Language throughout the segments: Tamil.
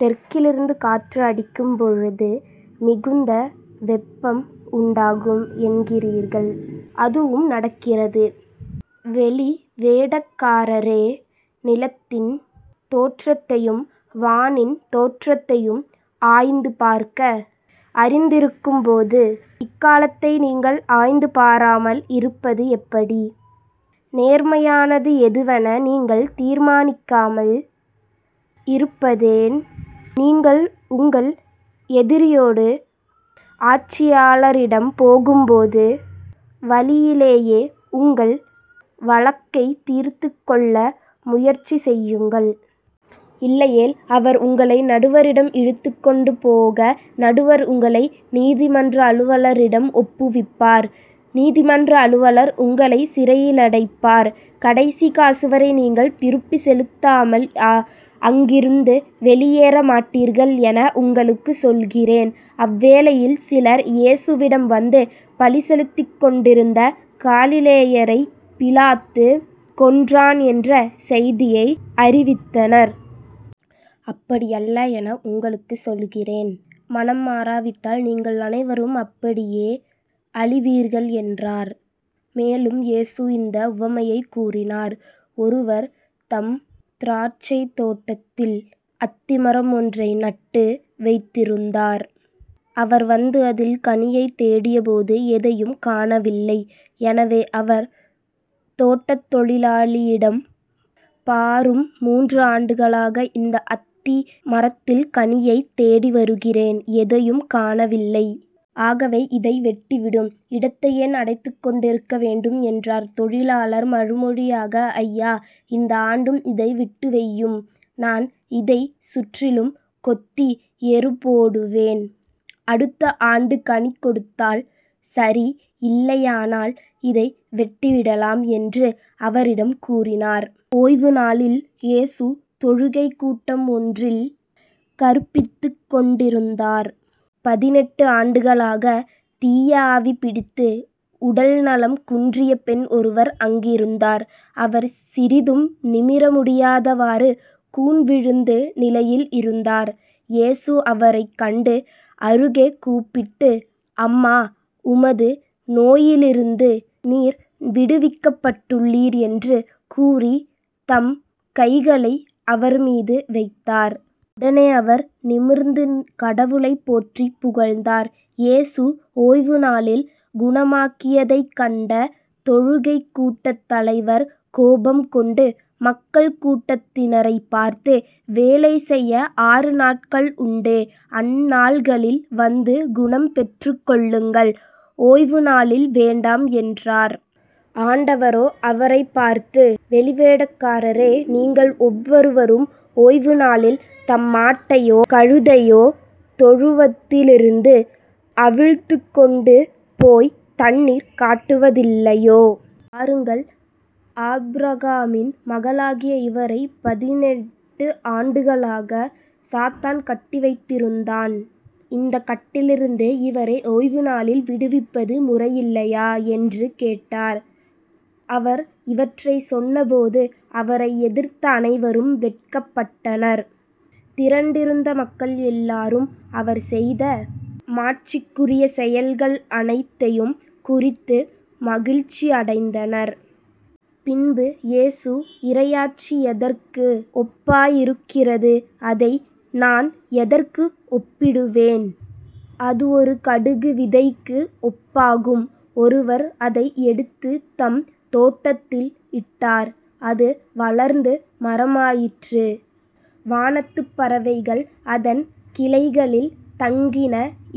தெற்கிலிருந்து காற்று அடிக்கும்பொழுது மிகுந்த வெப்பம் உண்டாகும் என்கிறீர்கள். அதுவும் நடக்கிறது. வெளிவேடக்காரரே நிலத்தின் தோற்றத்தையும் வானின் தோற்றத்தையும் ஆய்ந்து பார்க்க அறிந்திருக்கும்போது இக்காலத்தை நீங்கள் ஆய்ந்து பாராமல் இருப்பது எப்படி? நேர்மையானது எதுவென நீங்கள் தீர்மானிக்காமல் இருப்பதேன்? நீங்கள் உங்கள் எதிரியோடு ஆட்சியாளரிடம் போகும்போது வழியிலேயே உங்கள் வழக்கைத் தீர்த்துக் கொள்ள முயற்சி செய்யுங்கள். இல்லையேல் அவர் உங்களை நடுவரிடம் இழுத்துக்கொண்டு போக நடுவர் உங்களை நீதிமன்ற அலுவலரிடம் ஒப்புவிப்பார் நீதிமன்ற அலுவலர் உங்களைச் சிறையிலடைப்பார். கடைசிக் காசுவரை நீங்கள் திருப்பிச் செலுத்தாமல் அங்கிருந்து வெளியேறமாட்டீர்கள் என உங்களுக்குச் சொல்கிறேன். அவ்வேளையில் சிலர் இயேசுவிடம் வந்து பலி செலுத்திக் கொண்டிருந்த காலிலேயரைப் பிலாத்து கொன்றான் என்ற செய்தியை அறிவித்தனர். அப்படி அல்ல என உங்களுக்குச் சொல்கிறேன். மனம் மாறாவிட்டால் நீங்கள் அனைவரும் அப்படியே அழிவீர்கள் என்றார். மேலும் இயேசு இந்த உவமையைக் கூறினார் ஒருவர் தம் திராட்சைத் தோட்டத்தில் அத்திமரம் ஒன்றை நட்டு வைத்திருந்தார். அவர் வந்து அதில் கனியைத் தேடியபோது எதையும் காணவில்லை. எனவே அவர் தோட்டத் தொழிலாளிடம் பாரும் மூன்று ஆண்டுகளாக இந்த அத்தி மரத்தில் கனியைத் தேடி வருகிறேன் எதையும் காணவில்லை. ஆகவே இதை வெட்டிவிடும். இடத்தை ஏன் அடைத்துக்கொண்டிருக்க வேண்டும்? என்றார். தொழிலாளர் மறுமொழியாக ஐயா இந்த ஆண்டும் இதை விட்டுவையும் நான் இதைச் சுற்றிலும் கொத்தி எருபோடுவேன். அடுத்த ஆண்டு கனி கொடுத்தால் சரி இல்லையானால் இதை வெட்டிவிடலாம் என்று அவரிடம் கூறினார். ஓய்வுநாளில் இயேசு தொழுகைக்கூட்டம் ஒன்றில் கற்பித்துக்கொண்டிருந்தார். பதினெட்டு ஆண்டுகளாகத் தீய ஆவி பிடித்து உடல்நலம் குன்றிய பெண் ஒருவர் அங்கு இருந்தார். அவர் சிறிதும் நிமிர முடியாதவாறு கூன் விழுந்த நிலையில் இருந்தார். இயேசு அவரைக் கண்டு அருகே கூப்பிட்டு அம்மா உமது நோயிலிருந்து நீர் விடுவிக்கப்பட்டுள்ளீர் என்று கூறி தம் கைகளை அவர் மீது வைத்தார். உடனே அவர் நிமிர்ந்து கடவுளைப் போற்றிப் புகழ்ந்தார். இயேசு ஓய்வுநாளில் குணமாக்கியதைக் கண்ட தொழுகைக்கூட்டத் தலைவர் கோபம்கொண்டு மக்கள் கூட்டத்தினரைப் பார்த்து வேலை செய்ய ஆறு நாள்கள் உண்டே அந்நாள்களில் வந்து குணம் பெற்றுக்கொள்ளுங்கள் ஓய்வுநாளில் வேண்டாம் என்றார். ஆண்டவரோ அவரைப் பார்த்து வெளிவேடக்காரரே நீங்கள் ஒவ்வொருவரும் ஓய்வுநாளில் தம் மாட்டையோ கழுதையையோ தொழுவத்திலிருந்து அவிழ்த்துக் கொண்டு போய்த் தண்ணீர் காட்டுவதில்லையோ? பாருங்கள் ஆபிரகாமின் மகளாகிய இவரைப் பதினெட்டு ஆண்டுகளாகச் சாத்தான் கட்டி வைத்திருந்தான். இந்தக் கட்டிலிருந்து இவரை ஓய்வுநாளில் விடுவிப்பது முறையில்லையா? என்று கேட்டார். அவர் இவற்றைச் சொன்னபோது அவரை எதிர்த்த அனைவரும் வெட்கப்பட்டனர். திரண்டிருந்த மக்கள் எல்லாரும் அவர் செய்த மாட்சிக்குரிய செயல்கள் அனைத்தையும் குறித்து மகிழ்ச்சி அடைந்தனர். பின்பு இயேசு இறையாட்சி எதற்கு ஒப்பாயிருக்கிறது? அதை நான் எதற்கு ஒப்பிடுவேன்? அது ஒரு கடுகு விதைக்கு ஒப்பாகும். ஒருவர் அதை எடுத்துத் தம் தோட்டத்தில் இட்டார். அது வளர்ந்து மரமாயிற்று. வானத்துப் பறவைகள் அதன் கிளைகளில் தங்கின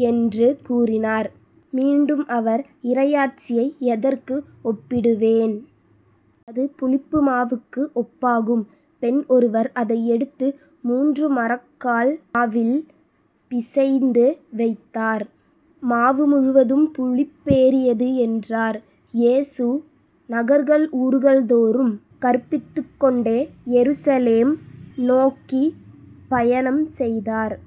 என்று கூறினார். மீண்டும் அவர் இறையாட்சியை எதற்கு ஒப்பிடுவேன்? அது புளிப்புமாவுக்கு ஒப்பாகும். பெண் ஒருவர் அதை எடுத்து மூன்று மரக்கால் மாவில் பிசைந்து வைத்தார். மாவு முழுவதும் புளிப்பேறியது என்றார். இயேசு நகர்கள் ஊர்கள் தோறும் கற்பித்துக்கொண்டே எருசலேம் நோக்கிப் பயணம் செய்தார்.